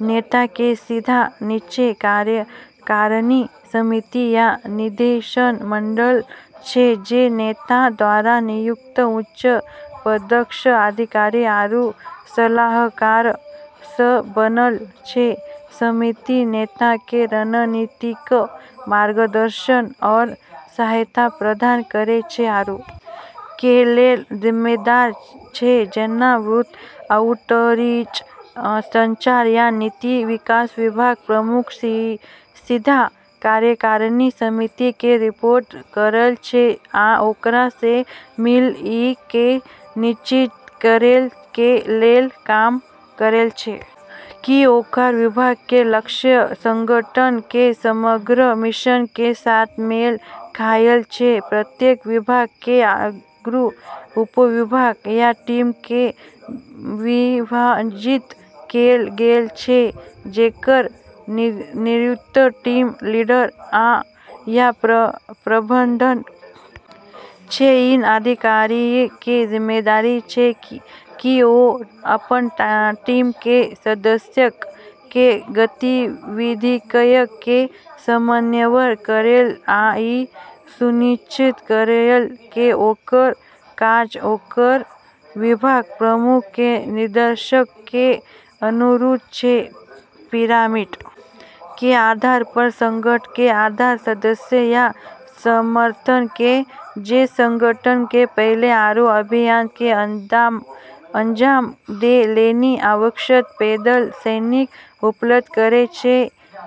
नेता के सीधा नीचे कार्यकारिणी समिति या निदेशक मंडल छै जे नेता द्वारा नियुक्त उच्च पदस्थ अधिकारी आरू सलाहकारऽ स बनलऽ छै, समिति नेता के रणनीतिक मार्गदर्शन आरू सहायता प्रदान करै छै आरू कें लेल जिम्मेदार छै जेना वित्त, आउटरीच, संचार या नीति विकास विभाग प्रमुख सीधा कार्यकारिणी समिति कें रिपोर्ट करय छै आ ओकरा सं मिल क इ सुनिश्चित करय कें लेल काम करय छै कि ओकर विभाग कें लक्ष्य संगठन कें समग्र मिशन कें साथ मेल खायत छै, प्रत्येक विभाग कें आगू उपविभाग या टीम मे विभाजित कैल गेल छै जेकर नेतृत्व टीम लीडर या प्रबंधक करय छै, इ अधिकारीक कें जिम्मेदारी छै कि ओ अपन टीम कें सदस्यक कें गतिविधियक कें समन्वय करय आ इ सुनिश्चित करय कि ओकर काज ओकर विभाग प्रमुख कें निर्देशक कें अनुरूप छै, पिरामिड के आधार पर संगठन के साधारण सदस्य या समर्थक छै जे संगठन के पहल आरू अभियान के अंजाम दै लेली आवश्यक पैदल सैनिक उपलब्ध करै छै,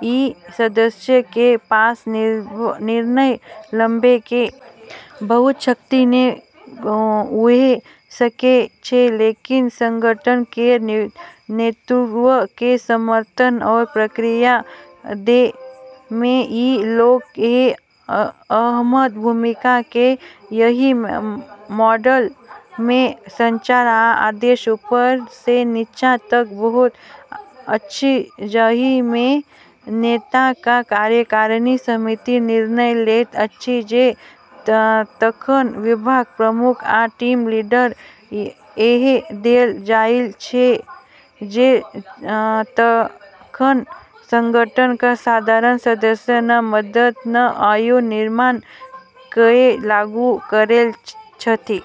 ई सदस्यऽ के पास निर्णय लेबै के बहुत शक्ति नै हुए सकै छै, लेकिन संगठन केरऽ नेतृत्व के समर्थन आरू प्रतिक्रिया दै मे ई लोगऽ के अहम भूमिका छै, एहि मॉडल मे संचार आ आदेश ऊपर स नीचा तक बहैत अछि जाहि मे नेता आ कार्यकारिणी समिति निर्णय लैत अछि जे तखन विभाग प्रमुख आ टीम लीडर कए देल जाइत अछि जे तखन संगठन क साधारण सदस्य क मदद स ओहि निर्णय कए लागू करैत छथि।